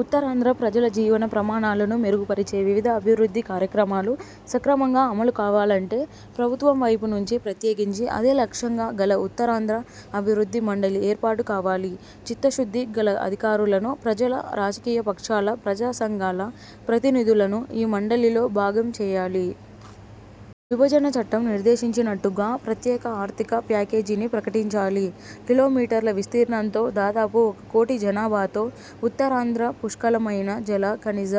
ఉత్తరాంధ్ర ప్రజల జీవన ప్రమాణాలను మెరుగు పరిచే వివిధ అభివృద్ధి కార్యక్రమాలు సక్రమంగా అమలు కావాలంటే, ప్రభుత్వం వైపు నుంచి ప్రత్యేకించి అదే లక్ష్యంగా గల ఉత్తరాంధ్ర అభివృద్ధి మండలి ఏర్పాటు కావాలి. చిత్తశుద్ధి గల అధికారులను, ప్రజల, రాజకీయ పక్షాల, ప్రజా సంఘాల ప్రతినిధులను ఈ మండలిలో భాగం చేయాలి. విభజన చట్టం నిర్దేశించినట్టుగా ప్రత్యేక ఆర్థిక ప్యాకేజీని ప్రకటించాలి. కిలో మీటర్ల విస్తీర్ణంతో, దాదాపు ఒక కోటి జనాభాతో ఉత్తరాంధ్ర, పుష్కలమైన జల, ఖనిజ,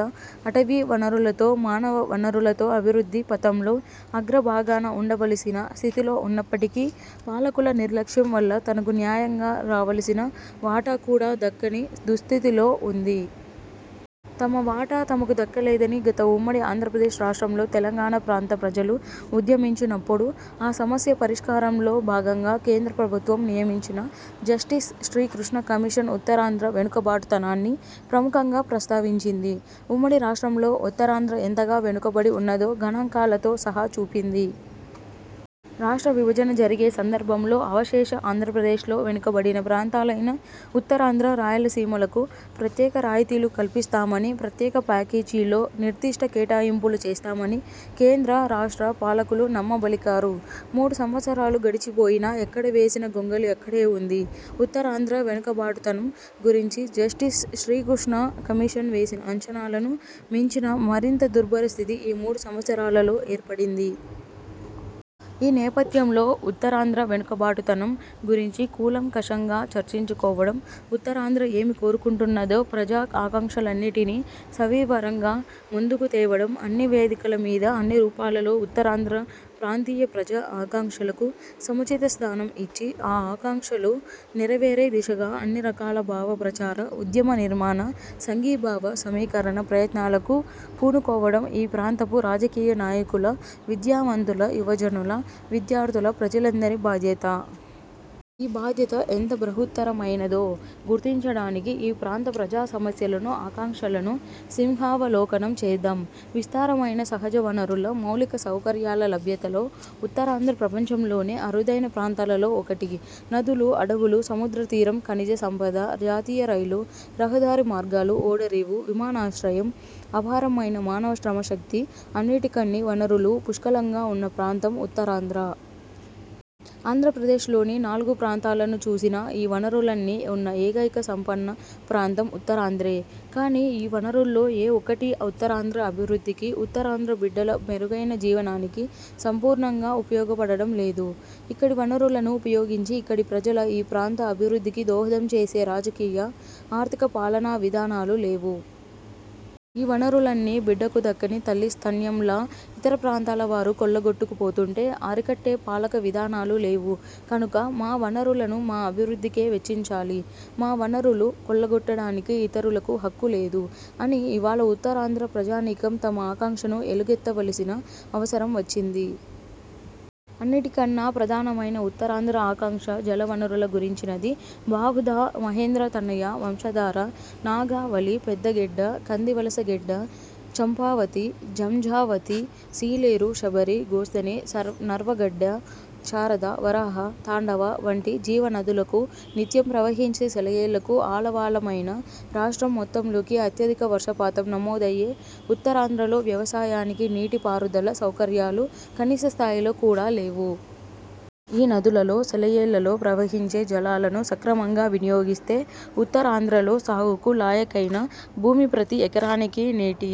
అటవీ వనరులతో, మానవ వనరులతో అభివృద్ధి పథంలో అగ్ర భాగాన ఉండవలసిన స్థితిలో ఉన్నప్పటికీ, పాలకుల నిర్లక్ష్యం వల్ల తనకు న్యాయంగా రావలసిన వాటా కూడా దక్కని దుస్థితిలో ఉంది. తమ వాటా తమకు దక్కలేదని గత ఉమ్మడి ఆంధ్రప్రదేశ్ రాష్ట్రంలో తెలంగాణ ప్రాంత ప్రజలు ఉద్యమించినప్పుడు, ఆ సమస్య పరిష్కారంలో భాగంగా కేంద్ర ప్రభుత్వం నియమించిన జస్టిస్ శ్రీకృష్ణ కమిషన్ ఉత్తరాంధ్ర వెనుకబాటుతనాన్ని ప్రముఖంగా ప్రస్తావించింది. ఉమ్మడి రాష్ట్రంలో ఉత్తరాంధ్ర ఎంతగా వెనుకబడి ఉన్నదో గణాంకాలతో సహా చూపింది. రాష్ట్ర విభజన జరిగే సందర్భంలో అవశేష ఆంధ్రప్రదేశ్లో వెనుకబడిన ప్రాంతాలైన ఉత్తరాంధ్ర, రాయలసీమలకు ప్రత్యేక రాయితీలు కల్పిస్తామని, ప్రత్యేక ప్యాకేజీలో నిర్దిష్ట కేటాయింపులు చేస్తామని కేంద్ర, రాష్ట్ర పాలకులు నమ్మబలికారు. మూడు సంవత్సరాలు గడిచిపోయినా ఎక్కడవేసిన గొంగళి అక్కడే ఉంది. ఉత్తరాంధ్ర వెనుకబాటుతనం గురించి జస్టిస్ శ్రీకృష్ణ కమిషన్ వేసిన అంచనాలను మించిన మరింత దుర్భర స్థితి ఈ మూడు సంవత్సరాలలో ఏర్పడింది. ఈ నేపథ్యంలో ఉత్తరాంధ్ర వెనుకబాటుతనం గురించి కూలంకషంగా చర్చించుకోవడం, ఉత్తరాంధ్ర ఏమి కోరుకుంటున్నదో ప్రజా ఆకాంక్షలన్నిటినీ సవివరంగా ముందుకు తేవడం, అన్ని వేదికల మీద, అన్ని రూపాలలో ఉత్తరాంధ్ర ప్రాంతీయ ప్రజా ఆకాంక్షలకు సముచిత స్థానం ఇచ్చి, ఆ ఆకాంక్షలు నెరవేరే దిశగా అన్నిరకాల భావ ప్రచార, ఉద్యమ నిర్మాణ, సంఘీభావ సమీకరణ ప్రయత్నాలకూ పూనుకోవడం ఈ ప్రాంతపు రాజకీయ నాయకుల, విద్యావంతుల, యువజనుల, విద్యార్థుల, ప్రజలందరి బాధ్యత. ఈ బాధ్యత ఎంత బృహత్తరమైనదో గుర్తించడానికి ఈ ప్రాంత ప్రజా సమస్యలను, ఆకాంక్షలను సింహావలోకనం చేద్దాం. విస్తారమైన సహజవనరుల, మౌలిక సౌకర్యాల లభ్యతలో ఉత్తరాంధ్ర ప్రపంచంలోనే అరుదైన ప్రాంతాలలో ఒకటి. నదులు, అడవులు, సముద్ర తీరం, ఖనిజ సంపద, జాతీయ రైలు, రహదారి మార్గాలు, ఓడరేవు, విమానాశ్రయం, అపారమైన మానవ శ్రమశక్తి, అన్నిటికన్ని వనరులూ పుష్కలంగా ఉన్న ప్రాంతం ఉత్తరాంధ్ర. ఆంధ్రప్రదేశ్లోని నాలుగు ప్రాంతాలను చూసినా ఈ వనరులన్నీ ఉన్న ఏకైక సంపన్న ప్రాంతం ఉత్తరాంధ్రే. కానీ ఈ వనరుల్లో ఏ ఒక్కటీ ఉత్తరాంధ్ర అభివృద్ధికి, ఉత్తరాంధ్ర బిడ్డల మెరుగైన జీవనానికి సంపూర్ణంగా ఉపయోగపడడం లేదు. ఇక్కడి వనరులను ఉపయోగించి ఇక్కడి ప్రజల, ఈ ప్రాంత అభివృద్ధికి దోహదం చేసే రాజకీయ, ఆర్థిక, పాలనా విధానాలు లేవు. ఈ వనరులన్నీ బిడ్డకు దక్కని తల్లి స్తన్యంలా ఇతర ప్రాంతాల వారు కొల్లగొట్టుకు పోతుంటే అరికట్టే పాలక విధానాలు లేవు. కనుక 'మా వనరులను మా అభివృద్ధికే వెచ్చించాలి', 'మా వనరులు కొల్లగొట్టడానికి ఇతరులకు హక్కు లేదు' అని ఇవాళ ఉత్తరాంధ్ర ప్రజానీకం తమ ఆకాంక్షను ఎలుగెత్తవలసిన అవసరం వచ్చింది. అన్నిటికన్నా ప్రధానమైన ఉత్తరాంధ్ర ఆకాంక్ష జల వనరుల గురించినది. బాహుదా, మహేంద్ర తనయ, వంశధార, నాగావళి, పెద్ద గెడ్డ, కందివలస గెడ్డ, చంపావతి, జంఝావతి, సీలేరు, శబరి, గోస్తని, నర్వ గెడ్డ, శారద, వరాహ, తాండవ వంటి జీవ నదులకూ నిత్యం ప్రవహించే సెలయేళ్లకూ ఆలవాలమైన, రాష్ట్రం మొత్తంలోకి అత్యధిక వర్షపాతం నమోదయ్యే ఉత్తరాంధ్రలో వ్యవసాయానికి నీటి పారుదల సౌకర్యాలు కనీస స్థాయిలో కూడా లేవు. ఈ నదులలో సెలయేళ్లలో ప్రవహించే జలాలను సక్రమంగా వినియోగిస్తే ఉత్తరాంధ్రలో సాగుకు లాయకైన భూమి ప్రతి ఎకరానికీ నీటి